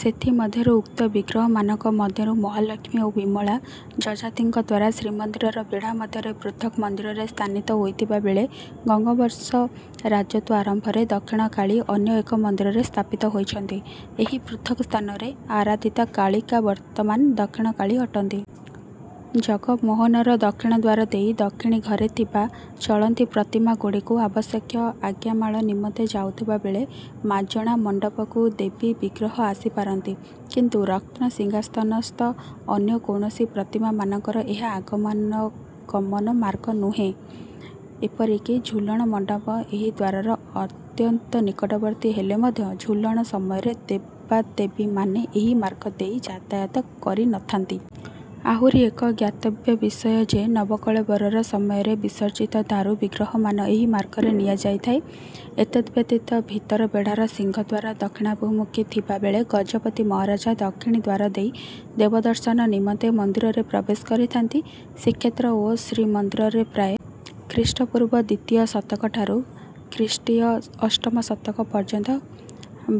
ସେଥିମଧ୍ୟରୁ ଉକ୍ତ ବିଗ୍ରହମାନଙ୍କ ମଧ୍ୟରୁ ମହାଲକ୍ଷ୍ମୀ ଓ ବିମଳା ଯଯାତିଙ୍କ ଦ୍ୱାରା ଶ୍ରୀମନ୍ଦିରର ବେଢ଼ା ମଧ୍ୟରେ ପୃଥକ୍ ମନ୍ଦିରରେ ସ୍ଥାନିତ ହୋଇଥିବା ବେଳେ ଗଙ୍ଗବର୍ଷ ରାଜତ୍ୱ ଆରମ୍ଭରେ ଦକ୍ଷିଣକାଳୀ ଅନ୍ୟ ଏକ ମନ୍ଦିରରେ ସ୍ଥାପିତ ହୋଇଛନ୍ତି। ଏହି ପୃଥକ୍ ସ୍ଥାନରେ ଆରାଧିତା କାଳିକା ବର୍ତ୍ତମାନ ଦକ୍ଷିଣକାଳୀ ଅଟନ୍ତି। ଜଗମୋହନର ଦକ୍ଷିଣ ଦ୍ୱାର ଦେଇ ଦକ୍ଷିଣୀ ଘରେ ଥିବା ଚଳନ୍ତି ପ୍ରତିମାଗୁଡ଼ିକୁ ଆବଶ୍ୟକୀୟ ଆଜ୍ଞାମାଳ ନିମନ୍ତେ ଯାଉଥିବା ବେଳେ ମାଜଣା ମଣ୍ଡପକୁ ଦେବୀ ବିଗ୍ରହ ଆସିପାରନ୍ତି। କିନ୍ତୁ ରତ୍ନସିଂହାସ୍ଥନସ୍ଥ ଅନ୍ୟ କୌଣସି ପ୍ରତିମାମାନଙ୍କର ଏହା ଆଗମନଗମନ ମାର୍ଗ ନୁହେଁ। ଏପରିକି ଝୁଲଣ ମଣ୍ଡପ ଏହି ଦ୍ୱାରର ଅତ୍ୟନ୍ତ ନିକଟବର୍ତ୍ତୀ ହେଲେ ମଧ୍ୟ ଝୁଲଣ ସମୟରେ ଦେବାଦେବୀମାନେ ଏହି ମାର୍ଗ ଦେଇ ଯାତାୟାତ କରିନଥାନ୍ତି। ଆହୁରି ଏକ ଜ୍ଞାତବ୍ୟ ବିଷୟ ଯେ ନବକଳେବର ସମୟରେ ବିସର୍ଜିତ ଦାରୁବିଗ୍ରହମାନ ଏହି ମାର୍ଗରେ ନିଆଯାଇଥାଏ। ଏତଦ୍‌ବ୍ୟତୀତ ଭିତର ବେଢ଼ାର ସିଂହଦ୍ୱାର ଦକ୍ଷିଣାଭିମୁଖୀ ଥିବା ବେଳେ ଗଜପତି ମହାରାଜା ଦକ୍ଷିଣୀ ଦ୍ୱାର ଦେଇ ଦେବଦର୍ଶନ ନିମନ୍ତେ ମନ୍ଦିରରେ ପ୍ରବେଶ କରିଥାଆନ୍ତି। ଶ୍ରୀକ୍ଷେତ୍ର ଓ ଶ୍ରୀମନ୍ଦିରରେ ପ୍ରାୟେ ଖ୍ରୀଷ୍ଟପୂର୍ବ ଦ୍ୱିତୀୟ ଶତକଠାରୁ ଖ୍ରୀଷ୍ଟୀୟ ଅଷ୍ଟମ ଶତକ ପର୍ଯ୍ୟନ୍ତ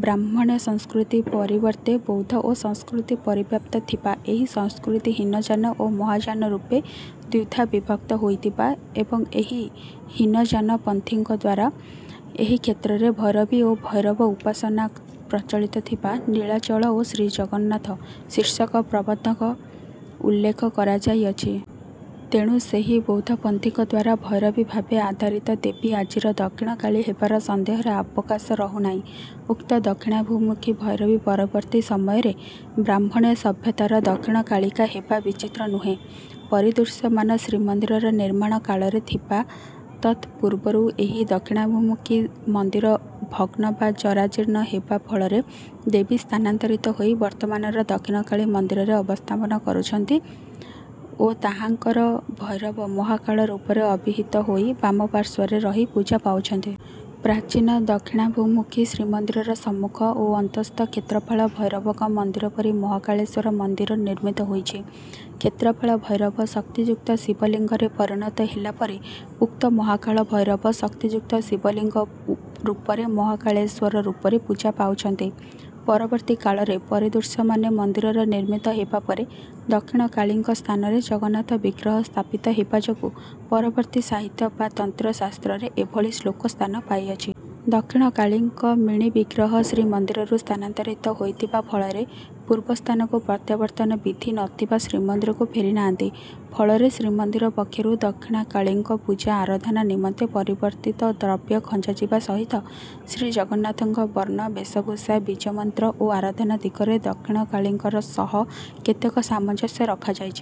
ବ୍ରାହ୍ମଣ୍ୟ ସଂସ୍କୃତି ପରିବର୍ତ୍ତେ ବୌଦ୍ଧ ଓ ସଂସ୍କୃତି ପରିବ୍ୟାପ୍ତ ଥିବା ଏହି ସଂସ୍କୃତି ହୀନଯାନ ଓ ମହାଯାନ ରୂପେ ଦ୍ୱିଧା ବିଭକ୍ତ ହୋଇଥିବା ଏବଂ ଏହି ହୀନଯାନପନ୍ଥୀଙ୍କ ଦ୍ୱାରା ଏହି କ୍ଷେତ୍ରରେ ଭୈରବୀ ଓ ଭୈରବ ଉପାସନା ପ୍ରଚଳିତ ଥିବା ନୀଳାଚଳ ଓ ଶ୍ରୀଜଗନ୍ନାଥ ଶୀର୍ଷକ ପ୍ରବନ୍ଧଙ୍କ ଉଲ୍ଲେଖ କରାଯାଇଅଛି। ତେଣୁ ସେହି ବୌଦ୍ଧପନ୍ଥୀଙ୍କ ଦ୍ୱାରା ଭୈରବୀ ଭାବେ ଆଧରିତ ଦେବୀ ଆଜିର ଦକ୍ଷିଣକାଳୀ ହେବାରେ ସନ୍ଦେହର ଆବକାଶ ରହୁନାହିଁ। ଉକ୍ତ ଦକ୍ଷିଣାଭିମୁଖୀ ଭୈରବୀ ପରବର୍ତ୍ତୀ ସମୟରେ ବ୍ରାହ୍ମଣ୍ୟ ସଭ୍ୟତାରେ ଦକ୍ଷିଣକାଳିକା ହେବା ବିଚିତ୍ର ନୁହେଁ। ପରିଦୃଶ୍ୟମାନ ଶ୍ରୀମନ୍ଦିରର ନିର୍ମାଣ କାଳରେ ଥିବା ତତ୍‌ପୂର୍ବରୁ ଏହି ଦକ୍ଷିଣାଭିମୁଖୀ ମନ୍ଦିର ଭଗ୍ନ ବା ଜରାଜୀର୍ଣ୍ଣ ହେବା ଫଳରେ ଦେବୀ ସ୍ଥାନାନ୍ତରିତ ହୋଇ ବର୍ତ୍ତମାନର ଦକ୍ଷିଣକାଳୀ ମନ୍ଦିରରେ ଅବସ୍ଥାପନ କରୁଛନ୍ତି ଓ ତାହାଙ୍କର ଭୈରବ ମହାକାଳ ରୂପରେ ଅଭିହିତ ହୋଇ ବାମପାର୍ଶ୍ୱରେ ରହି ପୂଜା ପାଉଛନ୍ତି। ପ୍ରାଚୀନ ଦକ୍ଷିଣାଭିମୁଖୀ ଶ୍ରୀମନ୍ଦିରର ସମ୍ମୁଖ ଓ ଅନ୍ତଃସ୍ଥ କ୍ଷେତ୍ରପାଳ ଭୈରବଙ୍କ ମନ୍ଦିର ପରି ମହାକାଳେଶ୍ୱର ମନ୍ଦିର ନିର୍ମିତ ହୋଇଛି। କ୍ଷେତ୍ରପାଳ ଭୈରବ ଶକ୍ତିଯୁକ୍ତ ଶିବଲିଙ୍ଗରେ ପରିଣତ ହେଲା ପରି ଉକ୍ତ ମହାକାଳ ଭୈରବ ଶକ୍ତିଯୁକ୍ତ ଶିବଲିଙ୍ଗ ରୂପରେ ମହାକାଳେଶ୍ୱର ରୂପରେ ପୂଜା ପାଉଛନ୍ତି। ପରବର୍ତ୍ତୀ କାଳରେ ପରିଦୃଶ୍ୟମାନ ମନ୍ଦିରର ନିର୍ମିତ ହେବା ପରେ ଦକ୍ଷିଣକାଳିଙ୍କ ସ୍ଥାନରେ ଜଗନ୍ନାଥ ବିଗ୍ରହ ସ୍ଥାପିତ ହେବା ଯୋଗୁଁ ପରବର୍ତ୍ତୀ ସାହିତ୍ୟ ବା ତନ୍ତ୍ରଶାସ୍ତ୍ରରେ ଏଭଳି ଶ୍ଳୋକ ସ୍ଥାନ ପାଇଅଛି। ଦକ୍ଷିଣକାଳୀଙ୍କ ମିଣିବିଗ୍ରହ ଶ୍ରୀମନ୍ଦିରରୁ ସ୍ଥାନାନ୍ତରିତ ହୋଇଥିବା ଫଳରେ ପୂର୍ବସ୍ଥାନକୁ ପ୍ରତ୍ୟାବର୍ତ୍ତନ ବିଧି ନଥିବା ଶ୍ରୀମନ୍ଦିରକୁ ଫେରିନାହାଁନ୍ତି। ଫଳରେ ଶ୍ରୀମନ୍ଦିର ପକ୍ଷରୁ ଦକ୍ଷିଣକାଳୀଙ୍କ ପୂଜା ଆରାଧନା ନିମନ୍ତେ ପରିବର୍ତ୍ତିତ ଦ୍ରବ୍ୟ ଖଞ୍ଜାଯିବା ସହିତ ଶ୍ରୀଜଗନ୍ନାଥଙ୍କ ବର୍ଣ୍ଣ ବେଶଭୂଷା ବୀଜମନ୍ତ୍ର ଓ ଆରାଧନା ଦିଗରେ ଶ୍ରୀଦକ୍ଷିଣକାଳିକାଙ୍କର ସହ କେତେକ ସାମଞ୍ଜସ୍ୟ ରଖାଯାଇଛି।